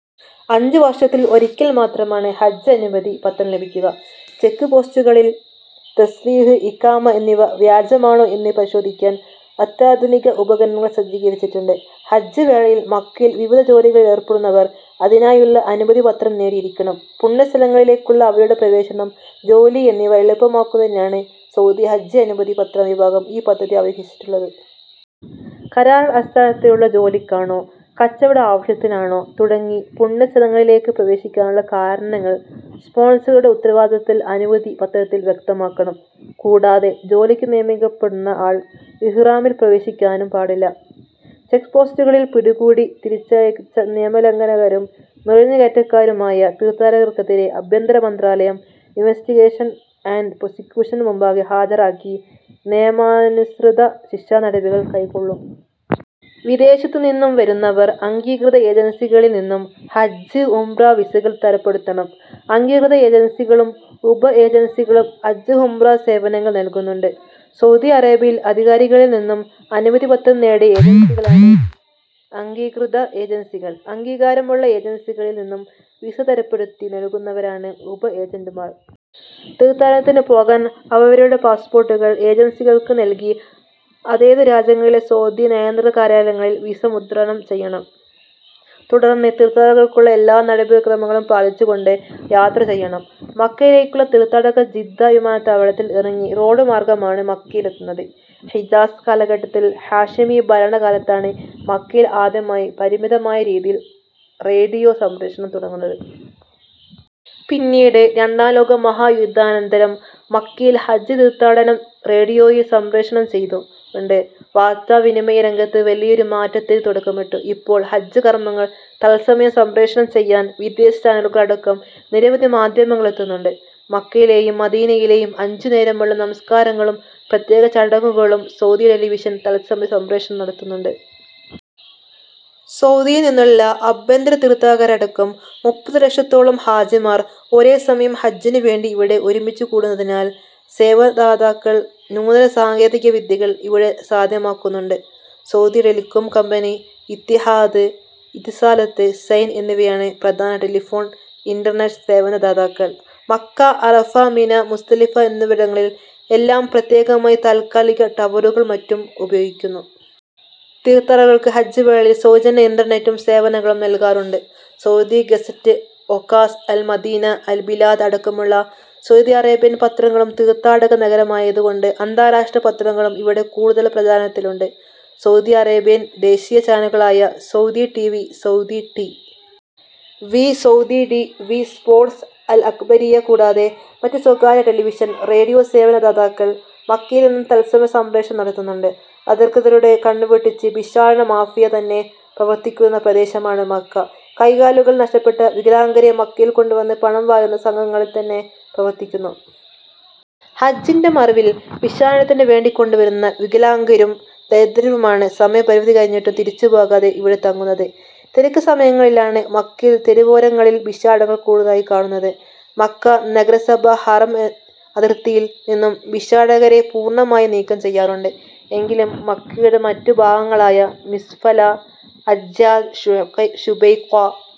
അഞ്ചു വർഷത്തിൽ ഒരിക്കൽ മാത്രമാണ് ഹജ്ജ് അനുമതി പത്രം ലഭിക്കുക. ചെക്ക്പോസ്റ്റുകളിൽ തസ്രീഹ്, ഇഖാമ എന്നിവ വ്യാജമാണോ എന്ന് പരിശോധിക്കാൻ അത്യാധുനിക ഉപകരണങ്ങൾ സജ്ജീകരിച്ചിട്ടുണ്ട്. ഹജ്ജ് വേളയിൽ മക്കയിൽ വിവിധ ജോലികളിലേർപ്പെടുന്നവർ അതിനായുള്ള അനുമതി പത്രം നേടിയിരിക്കണം. പുണ്യസ്ഥലങ്ങളിലേക്കുള്ള അവരുടെ പ്രവേശനം, ജോലി എന്നിവ എളുപ്പമാക്കുന്നതിനാണ് സൗദി ഹജ്ജ് അനുമതി പത്ര വിഭാഗം ഈ പദ്ധതി ആവിഷ്കരിച്ചിട്ടുള്ളത്. കരാർ അടിസ്ഥാനത്തിലുള്ള ജോലിക്കാണോ കച്ചവട ആവശ്യത്തിനാണോ തുടങ്ങി പുണ്യ സ്ഥലങ്ങളിലേക്ക് പ്രവേശിക്കാനുള്ള കാരണങ്ങൾ സ്പോൺസറുടെ ഉത്തരവാദിത്തത്തിൽ അനുമതി പത്രത്തിൽ വ്യക്തമാക്കണം. കൂടാതെ ജോലിക്ക് നിയമിക്കപ്പെടുന്ന ആൾ ഇഹ്റാമിൽ പ്രവേശിക്കാനും പാടില്ല. ചെക്പോസ്റ്റുകളിൽ പിടികൂടി തിരിച്ചയച്ച നിയമലംഘകരും നുഴഞ്ഞുകയറ്റക്കാരുമായ തീർഥാടകർക്കെതിരെ ആഭ്യന്തര മന്ത്രാലയം ഇൻവെസ്റ്റിഗേഷൻ ആൻറ് പ്രോസിക്യൂഷന് മുമ്പാകെ ഹാജരാക്കി നിയമാനുസൃത ശിക്ഷാനടപടികൾ കൈക്കൊള്ളും. വിദേശത്തു നിന്നും വരുന്നവർ അംഗീകൃത ഏജൻസികളിൽ നിന്നും ഹജ്ജ്-ഉംറ വിസകൾ തരപ്പെടുത്തണം. അംഗീകൃത ഏജൻസികളും ഉപ ഏജൻസികളും ഹജ്ജ് ഉംറ സേവനങ്ങൾ നൽകുന്നുണ്ട്. സൗദി അറേബ്യൻ അധികാരികളിൽ നിന്നും അനുമതി പത്രം നേടിയ ഏജൻസികളാണ് അംഗീകൃത ഏജൻസികൾ. അംഗീകാരമുള്ള ഏജൻസികളിൽ നിന്നും വിസ തരപ്പെടുത്തി നൽകുന്നവരാണ് ഉപ ഏജന്റുമാർ. തീർഥാടനത്തിനു പോകാൻ അവരവരുടെ പാസ്പോർട്ടുകൾ ഏജൻസികൾക്ക് നൽകി അതതു രാജ്യങ്ങളിലെ സൗദി നയതന്ത്ര കാര്യാലയങ്ങളിൽ വിസ മുദ്രണം ചെയ്യണം. തുടർന്ന് തീർഥാടകർക്കുള്ള എല്ലാ നടപടി ക്രമങ്ങളും പാലിച്ചു കൊണ്ട് യാത്ര ചെയ്യണം. മക്കയിലേക്കുള്ള തീർഥാടകർ ജിദ്ദ വിമാനത്താവളത്തിൽ ഇറങ്ങി റോഡ് മാർഗ്ഗം ആണ് മക്കയിലെത്തുന്നത്. ഹിജാസ് കാലഘട്ടത്തിൽ ഹാഷിമീ ഭരണ കാലത്താണ് മക്കയിൽ ആദ്യമായി പരിമിതമായ രീതിയിൽ റേഡിയോ സംപ്രേഷണം തുടങ്ങുന്നത്. പിന്നീട് രണ്ടാം ലോക മഹാ യുദ്ധാനന്തരം മക്കയിലെ ഹജ്ജ് തീർഥാടനം റേഡിയോയിൽ സംപ്രേഷണം ചെയ്തു കൊണ്ട് വാർത്താ വിനിമയ രംഗത്ത് വലിയ ഒരു മാറ്റത്തിന് തുടക്കമിട്ടു. ഇപ്പോൾ ഹജ്ജ് കർമങ്ങൾ തത്സമയം സംപ്രേഷണം ചെയ്യാൻ വിദേശ ചാനലുകൾ അടക്കം നിരവധി മാധ്യമങ്ങൾ എത്തുന്നുണ്ട്. മക്കയിലെയും മദീനയിലെയും അഞ്ചു നേരമുള്ള നമസ്കാരങ്ങളും പ്രത്യേക ചടങ്ങുകളും സൗദി ടെലിവിഷൻ തൽസമയ സംപ്രേഷണം നടത്തുന്നുണ്ട്. സൗദിയിൽ നിന്നുള്ള ആഭ്യന്തര തീർഥാടകരടക്കം മുപ്പതു ലക്ഷത്തോളം ഹാജിമാർ ഒരേ സമയം ഹജ്ജിനു വേണ്ടി ഇവിടെ ഒരുമിച്ചു കൂടുന്നതിനാൽ സേവനദാതാക്കൾ നൂതന സാങ്കേതിക വിദ്യകൾ ഇവിടെ സാധ്യമാക്കുന്നുണ്ട്. Saudi telecom company, Etihad Etisalat, Zain എന്നിവയാണ് പ്രധാന ടെലിഫോൺ, ഇന്റർനെറ്റ് സേവന ദാതാക്കൾ. മക്ക, അറഫ, മിനാ, മുസ്ദലിഫ എന്നിവിടങ്ങളിൽ എല്ലാം പ്രത്യേകമായി താൽകാലിക ടവറുകളും മറ്റും ഉപയോഗിക്കുന്നു. തീർഥാടകർക്കു ഹജ്ജ് വേളയിൽ സൗജന്യ ഇന്റർനെറ്റ് സേവനവും നൽകാറുണ്ട്. Saudi Gazette, Okaz, Al Madina, Al Bilad അടക്കമുള്ള സൗദി അറബിൻ പത്രങ്ങളും തീർഥാടക നഗരമായത് കൊണ്ട് അന്താരാഷ്ട്ര പത്രങ്ങളും ഇവിടെ കൂടുതൽ പ്രചാരത്തിലുണ്ട്. സൗദി അറേബ്യൻ ദേശീയ ചാനലുകളായ Saudi T. V, Saudi T. V, Saudi T. V sports, Al Akhbariya കൂടാതെ മറ്റു സ്വകാര്യ ടെലിവിഷൻ, റേഡിയോ സേവന ദാതാക്കളും മക്കയിൽ നിന്നും തൽസമയ സംപ്രേഷണം നടത്തുന്നുണ്ട്.. അധികൃതരുടെ കണ്ണ് വെട്ടിച്ചു ഭിക്ഷാടന മാഫിയ തന്നെ പ്രവർത്തിക്കുന്ന പ്രദേശമാണ് മക്ക. കൈകാലുകൾ നഷ്ടപ്പെട്ട വികലാംഗരെ മക്കയിൽ കൊണ്ടുവന്ന് പണം വാരുന്ന സംഘങ്ങൾ തന്നെ പ്രവർത്തിക്കുന്നു. ഹജ്ജിന്റെ മറവിൽ ഭിക്ഷാടനത്തിനു വേണ്ടി കൊണ്ടുവരുന്ന വികലാംഗരും ദരിദ്രരുമാണ് സമയപരിധി കഴിഞ്ഞിട്ടും തിരിച്ചുപോകാതെ ഇവിടെ തങ്ങുന്നത്. തിരക്ക് സമയങ്ങളിലാണ് മക്കയിലെ തെരുവോരങ്ങളിൽ ഭിക്ഷാടകർ കൂടുതലായി കാണുന്നത്. മക്ക നഗരസഭ ഹറം അതിർത്തിയിൽ നിന്നും ഭിക്ഷാടകരെ പൂർണമായും നീക്കം ചെയ്യാറുണ്ട്. എങ്കിലും മക്കയുടെ മറ്റു ഭാഗങ്ങളായ മിസ്ഫല, അജ്യാദ്, ശുബൈഖ,